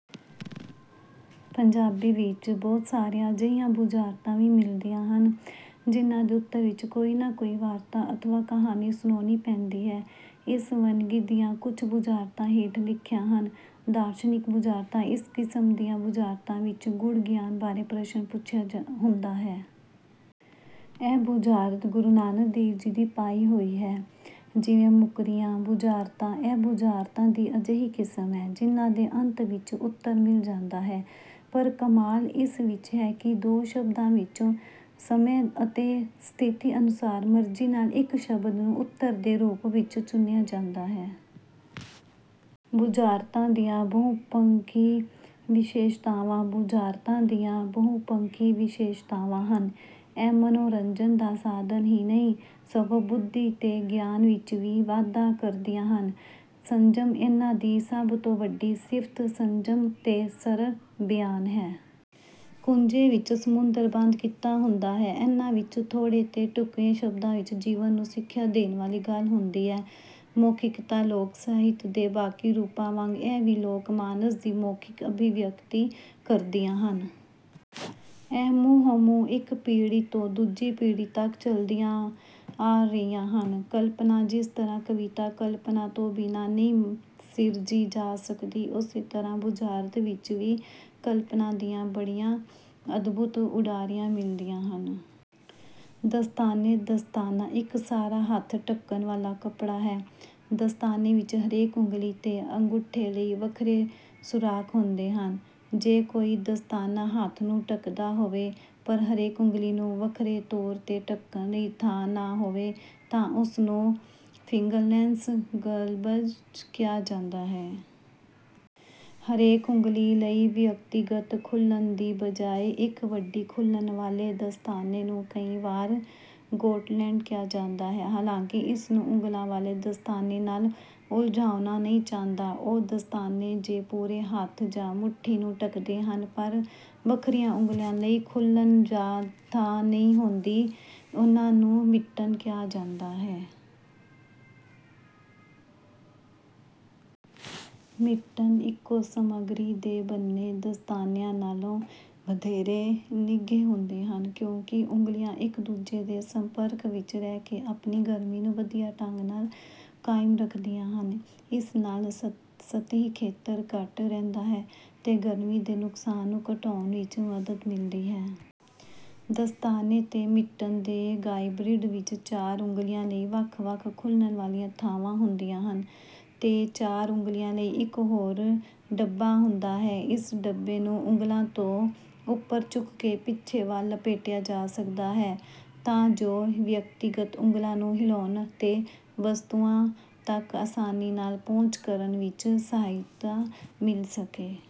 ਪੰਜਾਬੀ ਵਿੱਚ ਬਹੁਤ ਸਾਰੀਆਂ ਅਜਿਹੀਆਂ ਬੁਝਾਰਤਾਂ ਵੀ ਮਿਲਦੀਆਂ ਹਨ, ਜਿਨ੍ਹਾਂ ਦੇ ਉੱਤਰ ਵਿੱਚ ਕੋਈ ਨਾ ਕੋਈ ਵਾਰਤਾ ਅਥਵਾ ਕਹਾਣੀ ਸੁਣਾਉਣੀ ਪੈਂਦੀ ਹੈ। ਇਸ ਵੰਨਗੀ ਦੀਆਂ ਕੁਝ ਬੁਝਾਰਤਾਂ ਹੇਠ ਲਿਖੀਆਂ ਹਨ। ਦਾਰਸ਼ਨਿਕ ਬੁਝਾਰਤਾਂ: ਇਸ ਕਿਸਮ ਦੀਆਂ ਬੁਝਾਰਤਾਂ ਵਿੱਚ ਗੂੜ੍ਹ ਗਿਆਨ ਬਾਰੇ ਪ੍ਰਸ਼ਨ ਪੁੱਛਿਆ ਹੁੰਦਾ ਹੈ। ਇਹ ਬੁਝਾਰਤ ਗੁਰੂ ਨਾਨਕ ਦੇਵ ਜੀ ਦੀ ਪਾਈ ਹੋਈ ਹੈ। ਜਿਵੇਂ—ਮੁਕਰੀਆਂ ਬੁਝਾਰਤਾਂ: ਇਹ ਬੁਝਾਰਤਾਂ ਦੀ ਅਜਿਹੀ ਕਿਸਮ ਹੈ, ਜਿਨ੍ਹਾਂ ਦੇ ਅੰਤ ਵਿੱਚ ਉੱਤਰ ਮਿਲ ਜਾਂਦਾ ਹੈ; ਪਰ ਕਮਾਲ ਇਸ ਵਿੱਚ ਹੈ ਕਿ ਦੋ ਸ਼ਬਦਾਂ ਵਿੱਚੋਂ ਸਮੇਂ ਅਤੇ ਸਥਿਤੀ ਅਨੁਸਾਰ ਮਰਜ਼ੀ ਨਾਲ ਇੱਕ ਸ਼ਬਦ ਨੂੰ ਉੱਤਰ ਦੇ ਰੂਪ ਵਿੱਚ ਚੁਣਿਆ ਜਾਂਦਾ ਹੈ। ਬੁਝਾਰਤਾਂ ਦੀਆਂ ਬਹੁਪੱਖੀ ਵਿਸ਼ੇਸ਼ਤਾਵਾਂ: ਬੁਝਾਰਤਾਂ ਦੀਆਂ ਬਹੁਪੱਖੀ ਵਿਸ਼ੇਸ਼ਤਾਵਾਂ ਹਨ। ਇਹ ਮਨੋਰੰਜਨ ਦਾ ਸਾਧਨ ਹੀ ਨਹੀਂ, ਸਗੋਂ ਬੁੱਧੀ ਅਤੇ ਗਿਆਨ ਵਿੱਚ ਵੀ ਵਾਧਾ ਕਰਦੀਆਂ ਹਨ। ਸੰਜਮ: ਇਨ੍ਹਾਂ ਦੀ ਸਭ ਤੋਂ ਵੱਡੀ ਸਿਫ਼ਤ ਸੰਜਮ ਅਤੇ ਸਰਲ ਬਿਆਨ ਹੈ। “ਕੁੱਜੇ ਵਿੱਚ ਸਮੁੰਦਰ ਬੰਦ” ਕੀਤਾ ਹੁੰਦਾ ਹੈ। ਇਨ੍ਹਾਂ ਵਿੱਚ ਥੋੜ੍ਹੇ ਅਤੇ ਢੁਕਵੇਂ ਸ਼ਬਦਾਂ ਵਿੱਚ ਜੀਵਨ ਨੂੰ ਸਿੱਖਿਆ ਦੇਣ ਵਾਲੀ ਗੱਲ ਹੁੰਦੀ ਹੈ। ਮੌਖਿਕਤਾ: ਲੋਕ-ਸਾਹਿਤ ਦੇ ਬਾਕੀ ਰੂਪਾਂ ਵਾਂਗ ਇਹ ਵੀ ਲੋਕ-ਮਾਨਸ ਦੀ ਮੌਖਿਕ ਅਭਿਵਿਅਕਤੀ ਕਰਦੀਆਂ ਹਨ। ਇਹ ਮੂੰਹੋਂ-ਮੂੰਹ ਇੱਕ ਪੀੜ੍ਹੀ ਤੋਂ ਦੂਜੀ ਪੀੜ੍ਹੀ ਤੱਕ ਚੱਲਦੀਆਂ ਆ ਰਹੀਆਂ ਹਨ। ਕਲਪਨਾ: ਜਿਸ ਤਰ੍ਹਾਂ ਕਵਿਤਾ ਕਲਪਨਾ ਤੋਂ ਬਿਨਾਂ ਨਹੀਂ ਸਿਰਜੀ ਜਾ ਸਕਦੀ, ਉਸੇ ਤਰ੍ਹਾਂ ਬੁਝਾਰਤ ਵਿੱਚ ਵੀ ਕਲਪਨਾ ਦੀਆਂ ਬੜੀਆਂ ਅਦਭੁਤ ਉਡਾਰੀਆਂ ਮਿਲਦੀਆਂ ਹਨ। ਦਸਤਾਨੇ: ਦਸਤਾਨਾ ਇੱਕ ਸਾਰਾ ਹੱਥ ਢੱਕਣ ਵਾਲਾ ਕੱਪੜਾ ਹੈ। ਦਸਤਾਨੇ ਵਿੱਚ ਹਰੇਕ ਉਂਗਲੀ ਅਤੇ ਅੰਗੂਠੇ ਲਈ ਵੱਖਰੇ ਸੁਰਾਖ ਹੁੰਦੇ ਹਨ। ਜੇ ਕੋਈ ਦਸਤਾਨਾ ਹੱਥ ਨੂੰ ਢੱਕਦਾ ਹੋਵੇ, ਪਰ ਹਰੇਕ ਉਂਗਲੀ ਨੂੰ ਵੱਖਰੇ ਤੌਰ ’ਤੇ ਢੱਕਣ ਲਈ ਥਾਂ ਨਾ ਹੋਵੇ, ਤਾਂ ਉਸ ਨੂੰ ਫਿੰਗਰਲੈੱਸ ਗਲਵਜ਼ ਕਿਹਾ ਜਾਂਦਾ ਹੈ। ਹਰੇਕ ਉਂਗਲੀ ਲਈ ਵਿਅਕਤੀਗਤ ਖੁੱਲ੍ਹਣ ਦੀ ਬਜਾਏ ਇੱਕ ਵੱਡੀ ਖੁੱਲ੍ਹਣ ਵਾਲੇ ਦਸਤਾਨੇ ਨੂੰ ਕਈ ਵਾਰ ਗੌਂਟਲੈੱਟ ਕਿਹਾ ਜਾਂਦਾ ਹੈ। ਹਾਲਾਂਕਿ, ਇਸ ਨੂੰ ਉਂਗਲਾਂ ਵਾਲੇ ਦਸਤਾਨੇ ਨਾਲ ਉਲਝਾਉਣਾ ਨਹੀਂ ਚਾਹੀਦਾ। ਉਹ ਦਸਤਾਨੇ ਜੋ ਪੂਰੇ ਹੱਥ ਜਾਂ ਮੁੱਠੀ ਨੂੰ ਢੱਕਦੇ ਹਨ, ਪਰ ਵੱਖਰੀਆਂ ਉਂਗਲਾਂ ਲਈ ਖੁੱਲ੍ਹਣ ਜਾਂ ਥਾਂ ਨਹੀਂ ਹੁੰਦੀ, ਉਨ੍ਹਾਂ ਨੂੰ ਮਿਟਨ ਕਿਹਾ ਜਾਂਦਾ ਹੈ। ਮਿਟਨ ਇੱਕੋ ਸਮੱਗਰੀ ਦੇ ਬਣੇ ਦਸਤਾਨਿਆਂ ਨਾਲੋਂ ਵਧੇਰੇ ਨਿੱਘੇ ਹੁੰਦੇ ਹਨ, ਕਿਉਂਕਿ ਉਂਗਲੀਆਂ ਇੱਕ-ਦੂਜੇ ਦੇ ਸੰਪਰਕ ਵਿੱਚ ਰਹਿ ਕੇ ਆਪਣੀ ਗਰਮੀ ਨੂੰ ਵਧੀਆ ਢੰਗ ਨਾਲ ਕਾਇਮ ਰੱਖਦੀਆਂ ਹਨ। ਇਸ ਨਾਲ ਸਤਹੀ ਖੇਤਰ ਘੱਟ ਰਹਿੰਦਾ ਹੈ ਅਤੇ ਗਰਮੀ ਦੇ ਨੁਕਸਾਨ ਨੂੰ ਘਟਾਉਣ ਵਿੱਚ ਮਦਦ ਮਿਲਦੀ ਹੈ। ਦਸਤਾਨੇ ਅਤੇ ਮਿਟਨ ਦੇ ਹਾਈਬ੍ਰਿਡ ਵਿੱਚ ਚਾਰ ਉਂਗਲੀਆਂ ਲਈ ਵੱਖ-ਵੱਖ ਖੁੱਲ੍ਹਣ ਵਾਲੀਆਂ ਥਾਵਾਂ ਹੁੰਦੀਆਂ ਹਨ ਅਤੇ ਚਾਰ ਉਂਗਲੀਆਂ ਲਈ ਇੱਕ ਹੋਰ ਡੱਬਾ ਹੁੰਦਾ ਹੈ। ਇਸ ਡੱਬੇ ਨੂੰ ਉਂਗਲਾਂ ਤੋਂ ਉੱਪਰ ਚੁੱਕ ਕੇ ਪਿੱਛੇ ਵੱਲ ਲਪੇਟਿਆ ਜਾ ਸਕਦਾ ਹੈ, ਤਾਂ ਜੋ ਵਿਅਕਤੀਗਤ ਉਂਗਲਾਂ ਨੂੰ ਹਿਲਾਉਣ ਅਤੇ ਵਸਤੂਆਂ ਤੱਕ ਆਸਾਨੀ ਨਾਲ ਪਹੁੰਚ ਕਰਨ ਵਿੱਚ ਸਹਾਇਤਾ ਮਿਲ ਸਕੇ।